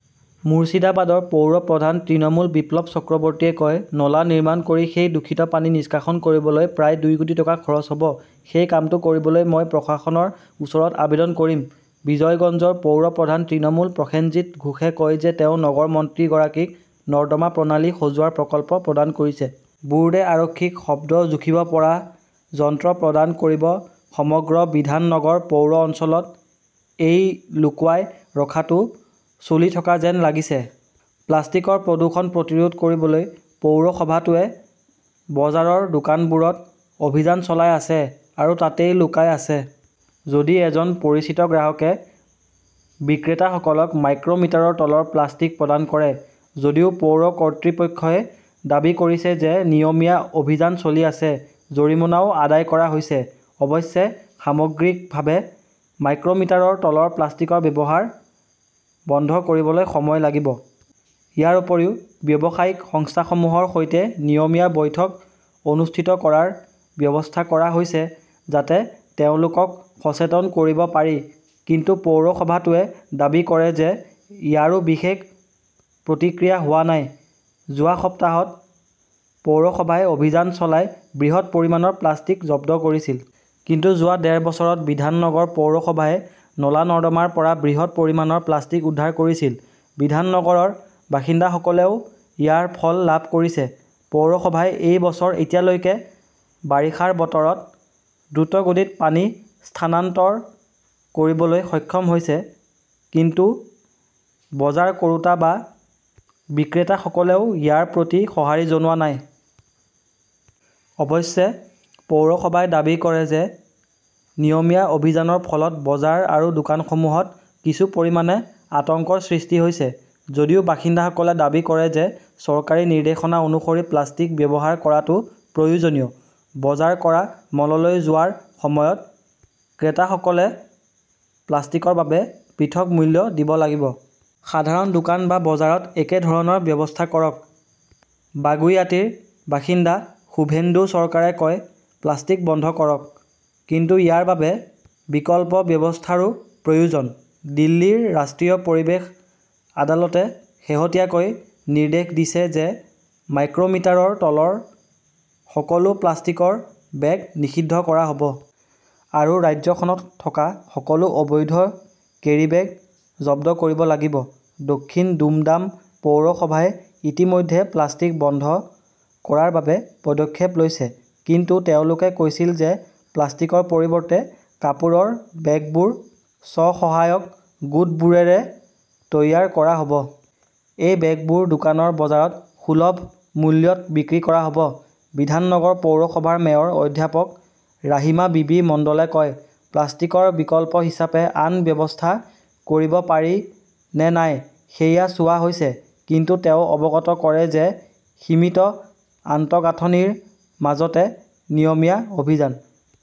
মুৰ্ছিদাবাদৰ পৌৰ প্ৰধান তৃণমূল বিপ্লৱ চক্ৰৱৰ্তীয়ে কয়, নলা নিৰ্মাণ কৰি সেই দূষিত পানী নিষ্কাশন কৰিবলৈ প্ৰায় দুই কোটি টকা খৰচ হব । সেই কামটো কৰিবলৈ মই প্ৰশাসনৰ ওচৰত আবেদন কৰিম। জিয়াগঞ্জৰ পৌৰ প্ৰধান তৃণমূল প্ৰসেনজিৎ ঘোষে কয় যে তেওঁ নগৰ মন্ত্ৰীগৰাকীক নৰ্দমা প্ৰণালী সজোৱাৰ প্ৰকল্প প্ৰদান কৰিছে। বোৰ্ডে আৰক্ষীক শব্দ জুখিব পৰা যন্ত্ৰ প্ৰদান কৰিব সমগ্ৰ বিধাননগৰ পৌৰ অঞ্চলত এই লুকুৱাই ৰখাটো চলি থকা যেন লাগিছে। প্লাষ্টিকৰ প্ৰদূষণ প্ৰতিৰোধ কৰিবলৈ পৌৰসভাটোৱে বজাৰৰ দোকানবোৰত অভিযান চলাই আছে। আৰু তাতেই লুকাই আছে। যদি এজন পৰিচিত গ্ৰাহকে বিক্ৰেতাসকলক মাইক্ৰ মিটাৰৰ তলৰ প্লাষ্টিক প্ৰদান কৰে। যদিও পৌৰ কৰ্তৃপক্ষই দাবী কৰিছে যে নিয়মীয়া অভিযান চলি আছে। জৰিমনাও আদায় কৰা হৈছে। অৱশ্যে সামগ্ৰিকভাৱে মাইক্ৰ মিটাৰৰ তলৰ প্লাষ্টিকৰ ব্যৱহাৰ বন্ধ কৰিবলৈ সময় লাগিব। ইয়াৰ উপৰিও ব্যৱসায়িক সংস্থাসমূহৰ সৈতে নিয়মীয়া বৈঠক অনুষ্ঠিত কৰাৰ ব্যৱস্থা কৰা হৈছে, যাতে তেওঁলোকক সচেতন কৰিব পাৰি। কিন্তু পৌৰসভাটোৱে দাবী কৰে যে ইয়াৰো বিশেষ প্ৰতিক্ৰিয়া হোৱা নাই। যোৱা সপ্তাহত পৌৰসভাই অভিযান চলাই বৃহৎ পৰিমাণৰ প্লাষ্টিক জব্দ কৰিছিল। কিন্তু যোৱা ডেৰ বছৰত বিধাননগৰ পৌৰসভাই নলা-নৰ্দমাৰ পৰা বৃহৎ পৰিমাণৰ প্লাষ্টিক উদ্ধাৰ কৰিছিল। বিধাননগৰৰ বাসিন্দাসকলেও ইয়াৰ ফল লাভ কৰিছে। পৌৰসভাই এই বছৰ এতিয়ালৈকে বাৰিষাৰ বতৰত দ্ৰুতগতিত পানী স্থানান্তৰ কৰিবলৈ সক্ষম হৈছে। কিন্তু বজাৰ কৰোঁতা বা বিক্ৰেতাসকলেও ইয়াৰ প্ৰতি সঁহাৰি জনোৱা নাই। অৱশ্যে, পৌৰসভাই দাবী কৰে যে নিয়মীয়া অভিযানৰ ফলত বজাৰ আৰু দোকানসমূহত কিছু পৰিমাণে আতংকৰ সৃষ্টি হৈছে। যদিও বাসিন্দাসকলে দাবী কৰে যে চৰকাৰী নিৰ্দেশনা অনুসৰি প্লাষ্টিক ব্যৱহাৰ কৰাটো প্ৰয়োজনীয়। বজাৰ কৰা মললৈ যোৱাৰ সময়ত ক্ৰেতাসকলে প্লাষ্টিকৰ বাবে পৃথক মূল্য দিব লাগিব। সাধাৰণ দোকান আৰু বজাৰত একেধৰণৰ ব্যৱস্থা কৰক। বাগুইয়াটীৰ বাসিন্দা সুভেন্দু চৰকাৰে কয়, প্লাষ্টিক বন্ধ কৰক। কিন্তু ইয়াৰ বাবে বিকল্প ব্যৱস্থাৰো প্ৰয়োজন। দিল্লীৰ ৰাষ্ট্ৰীয় পৰিৱেশ আদালতে শেহতীয়াকৈ নিৰ্দেশ দিছে যে মাইক্ৰমিটাৰৰ তলৰ সকলো প্লাষ্টিকৰ বেগ নিষিদ্ধ কৰা হব। আৰু ৰাজ্যখনত থকা সকলো অবৈধ কেৰীবেগ জব্দ কৰিব লাগিব। দক্ষিণ দুমডাম পৌৰসভাই ইতিমধ্যে প্লাষ্টিক বন্ধ কৰাৰ বাবে পদক্ষেপ লৈছে। কিন্তু তেওঁলোকে কৈছিল যে প্লাষ্টিকৰ পৰিৱৰ্তে কাপোৰৰ বেগবোৰ স্ব-সহায়ক গোটবোৰেৰে তৈয়াৰ কৰা হ 'ব। সেই বেগবোৰ দোকানৰ বজাৰত সুলভ মূল্যত বিক্ৰী কৰা হ 'ব। বিধাননগৰ পৌৰসভাৰ মেয়ৰ অধ্যাপক ৰাহিমা বিবি মণ্ডলে কয়, প্লাষ্টিকৰ বিকল্প হিচাপে আন ব্যৱস্থা কৰিব পাৰি নে নাই সেয়া চোৱা হৈছে। ""কিন্তু তেওঁ অৱগত কৰে যে সীমিত আন্তঃগাঁথনিৰ মাজতে নিয়মীয়া অভিযান"